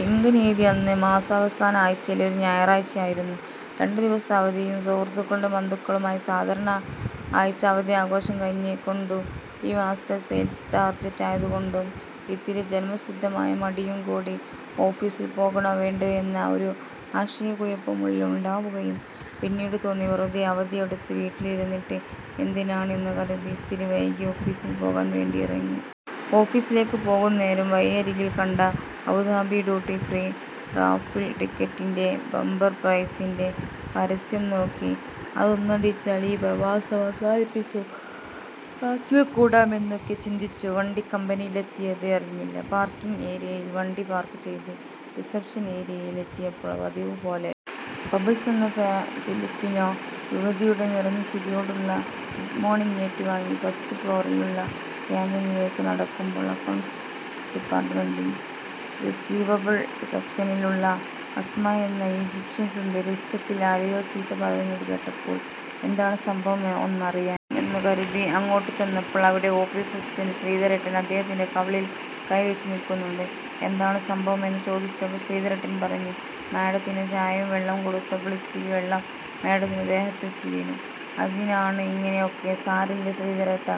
ലിംഗനീതി അന്ന് മാസാവസാന ആഴ്ചയിലെ ഒരു ഞായറാഴ്ച ആയിരുന്നു. രണ്ടു ദിവസത്തെ അവധിയും സുഹൃത്തുക്കളും ബന്ധുക്കളുമായി സാധാരണ ആഴ്ച അവധി ആഘോഷം കഴിഞ്ഞത് കൊണ്ടും ഈ മാസത്തെ സെയിൽസ് ടാർജെറ്റ് ആയതുകൊണ്ടും ഇത്തിരി ജന്മസിദ്ധമായ മടിയും കൂടി ഓഫീസിൽ പോകണോ വേണ്ടയോ എന്ന ഒരു ആശയകുഴപ്പം ഉള്ളിൽ ഉണ്ടാവുകയും പിന്നീട് തോന്നി വെറുതെ അവധി എടുത്തു വീട്ടിൽ ഇരുന്നിട്ട് എന്തിനാണ് എന്ന് കരുതി ഇത്തിരി വൈകി ഓഫീസിൽ പോകാൻ വേണ്ടി ഇറങ്ങി. ഓഫീസിലേക്ക് പോകുന്നേരം വഴിയരികിൽ കണ്ട അബുദാബി ഡ്യൂട്ടിഫ്രീ റാഫിൾ ടിക്കറ്റിന്റെ ബമ്പർ പ്രൈസിന്റെ പരസ്യം നോക്കി അതൊന്നടിച്ചാൽ ഈ പ്രവാസം അവസാനിപ്പിച്ചു നാട്ടിൽ കൂടാം എന്നൊക്കെ ചിന്തിച്ചു വണ്ടി കമ്പനിയിൽ എത്തിയത് അറിഞ്ഞില്ല. പാർക്കിംഗ് ഏരിയയിൽ വണ്ടി പാർക്ക് ചെയ്ത് റിസപ്ഷൻ ഏരിയയിൽ എത്തിയപ്പോൾ പതിവുപോലെ ബബ്ൾസ് എന്ന ഫിലിപിനോ യുവതിയുടെ നിറഞ്ഞ ചിരിയോടെയുള്ള ഗുഡ് മോർണിംഗ് ഏറ്റു വാങ്ങി ഫസ്റ്റ് ഫ്ലോറിൽ ഉള്ള ക്യാബിനിലേക്ക് നടക്കുമ്പോൾ അക്കൗണ്ട്സ് ഡിപ്പാർട്മെന്റിൽ റിസീവബിൾ സെക്ഷനിൽ ഉള്ള അസ്മ എന്ന ഈജിപ്ഷൻ സുന്ദരി ഉച്ചത്തിൽ ആരെയോ ചീത്ത പറയുന്നത് കേട്ടപ്പോൾ എന്താണ് സംഭവം എന്ന് ഒന്നറിയാം എന്നു കരുതി അങ്ങോട്ട് ചെന്നപ്പോൾ അവിടെ ഓഫീസ് അസിസ്റ്റന്റ് ശ്രീധരേട്ടൻ അദ്ദേഹത്തിന്റെ കവിളിൽ കൈ വെച്ച് നിൽക്കുന്നുണ്ട്, എന്താണ് സംഭവം എന്ന് ചോദിച്ചപ്പോൾ ശ്രീധരേട്ടൻ പറഞ്ഞു, മാഡത്തിന് ചായയും വെള്ളവും കൊടുത്തപ്പോൾ ഇത്തിരി വെള്ളം മാഡത്തിന്റെ ദേഹത്ത് ഇറ്റിവീണു അതിനാണ് ഇങ്ങിനെ ഒക്കെ, സാരല്ല്യ ശ്രീധരേട്ടാ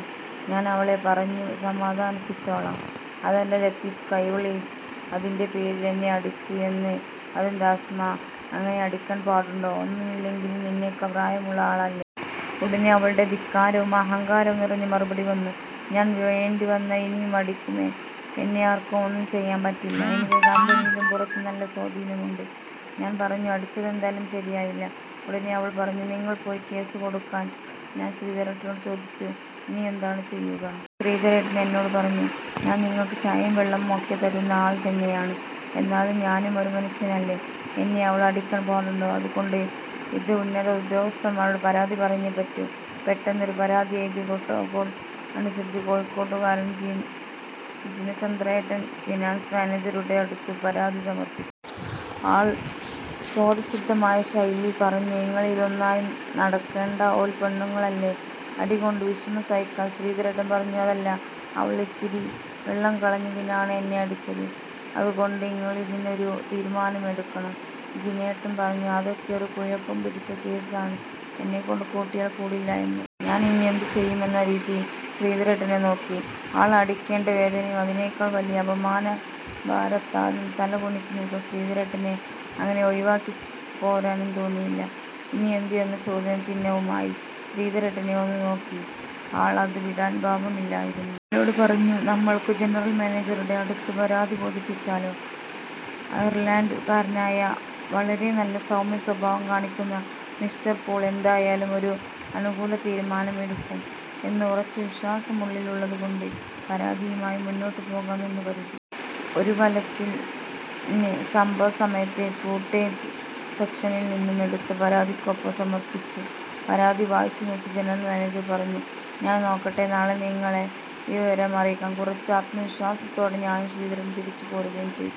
ഞാൻ അവളെ പറഞ്ഞു സമാധാനിപ്പിച്ചോളാം, അതല്ല ലത്തീഫ്ക്ക ഇവൾ അതിന്റെ പേരിൽ എന്നെ അടിച്ചു എന്ന്, അതെന്താ അസ്മ അങ്ങിനെ അടിക്കാൻ പാടുണ്ടോ ഒന്നുമില്ലെങ്കിലും നിന്നെക്കാൾ പ്രായമുള്ള ആളല്ലേ? ഉടനെ അവളുടെ ധിക്കാരവും അഹങ്കാരവും നിറഞ്ഞ മറുപടി വന്നു ഞാൻ വേണ്ടി വന്നാൽ ഇനിയും അടിക്കും എന്നെ ആർക്കും ഒന്നും ചെയ്യാൻ പറ്റില്ല എനിക്ക് കമ്പനിയിലും പുറത്തും നല്ല സ്വാധീനം ഉണ്ട്. ഞാൻ പറഞ്ഞു അടിച്ചത് എന്തായാലും ശരിയായില്ല, ഉടനെ അവൾ പറഞ്ഞു നിങ്ങൾ പോയി കേസ് കൊടുക്കാൻ, ഞാൻ ശ്രീധരേട്ടനോട് ചോദിച്ചു ഇനി എന്താണ് ചെയ്യുക. ശ്രീധരേട്ടൻ എന്നോട് പറഞ്ഞു ഞാൻ നിങ്ങൾക്ക് ചായയും വെള്ളവും ഒക്കെ തരുന്ന ആൾ തന്നെയാണ് എന്നാലും ഞാനും ഒരു മനുഷ്യനല്ലേ എന്നെ അവൾ അടിക്കാൻ പാടുണ്ടോ, അത്കൊണ്ട് ഇത് ഉന്നത ഉദ്യോഗസ്ഥൻമാരോട് പരാതി പറഞ്ഞേ പറ്റൂ, പെട്ടെന്ന് ഒരു പരാതി എഴുതി പ്രോട്ടോകോൾ അനുസരിച്ചു കോഴിക്കോടുകാരൻ ജിന ജിനചന്ദ്രേട്ടൻ, ഫിനാൻസ് മാനേജറുടെ അടുത്ത് പരാതി സമർപ്പിച്ചു. ആൾ സ്വതസിദ്ധമായ ശൈലിയിൽ പറഞ്ഞു ഇങ്ങള് ഇതൊന്നായി നടക്കണ്ട ഓല് പെണ്ണുങ്ങൾ അല്ലെ? അടികൊണ്ട് വിഷമം സഹിക്കാതെ ശ്രീധരേട്ടൻ പറഞ്ഞു അതല്ല, അവൾ ഇത്തിരി വെള്ളം കളഞ്ഞതിനാണ് എന്നെ അടിച്ചത് അത് കൊണ്ട് ഇങ്ങള് ഇതിന് ഒരു തീരുമാനം എടുക്കണം, ജിനേട്ടൻ പറഞ്ഞു അതൊക്ക ഒരു കുഴപ്പം പിടിച്ച കേസ് ആണ് എന്നെകൊണ്ട് കൂട്ടിയാൽ കൂടില്ല എന്ന്. ഞാൻ ഇനി എന്ത് ചെയ്യും എന്ന രീതിയിൽ ശ്രീധരേട്ടനെ നോക്കി, ആൾ അടികൊണ്ട വേദനയും അതിനേക്കാൾ വലിയ അപമാനഭാരത്താലും തല കുനിച്ചു നിൽക്കുന്ന ശ്രീധരേട്ടനെ അങ്ങനെ ഒഴിവാക്കി പോരാനും തോന്നിയില്ല, ഇനി എന്ത് എന്ന ചോദ്യ ചിഹ്നവുമായി ശ്രീധരേട്ടനെ ഒന്ന് നോക്കി ആൾ അത് വിടാൻ ഭാവമില്ലായിരുന്നു. എന്നോട് പറഞ്ഞു നമ്മൾക്കു ജനറൽ മാനേജർടെ അടുത്ത് പരാതി ബോധിപ്പിച്ചാലോ? അയർലൻഡ് കാരനായ വളരെ നല്ല സൗമ്യ സ്വഭാവം കാണിക്കുന്ന മിസ്റ്റർ പോൾ എന്തായാലും ഒരു അനുകൂല തീരുമാനം എടുക്കും എന്ന് ഉറച്ച വിശ്വാസം ഉള്ളിൽ ഉള്ളത് കൊണ്ട് പരാതിയുമായി മുന്നോട്ട് പോകാം എന്നു കരുതി. ഒരു ബലത്തിന് സംഭവ സമയത്തെ ഫൂട്ടേജ് സെക്ഷനിൽ നിന്നും എടുത്തു പരാതിക്കൊപ്പം സമർപ്പിച്ചു, പരാതി വായിച്ചു നോക്കി ജനറൽ മാനേജർ പറഞ്ഞു ഞാൻ നോക്കട്ടെ നാളെ നിങ്ങളെ വിവരം അറിയിക്കാം. കുറച്ച് ആത്മ വിശ്വാസത്തോടെ ഞാനും ശ്രീധരേട്ടനും തിരിച്ചു പോരുകയും ചെയ്തു.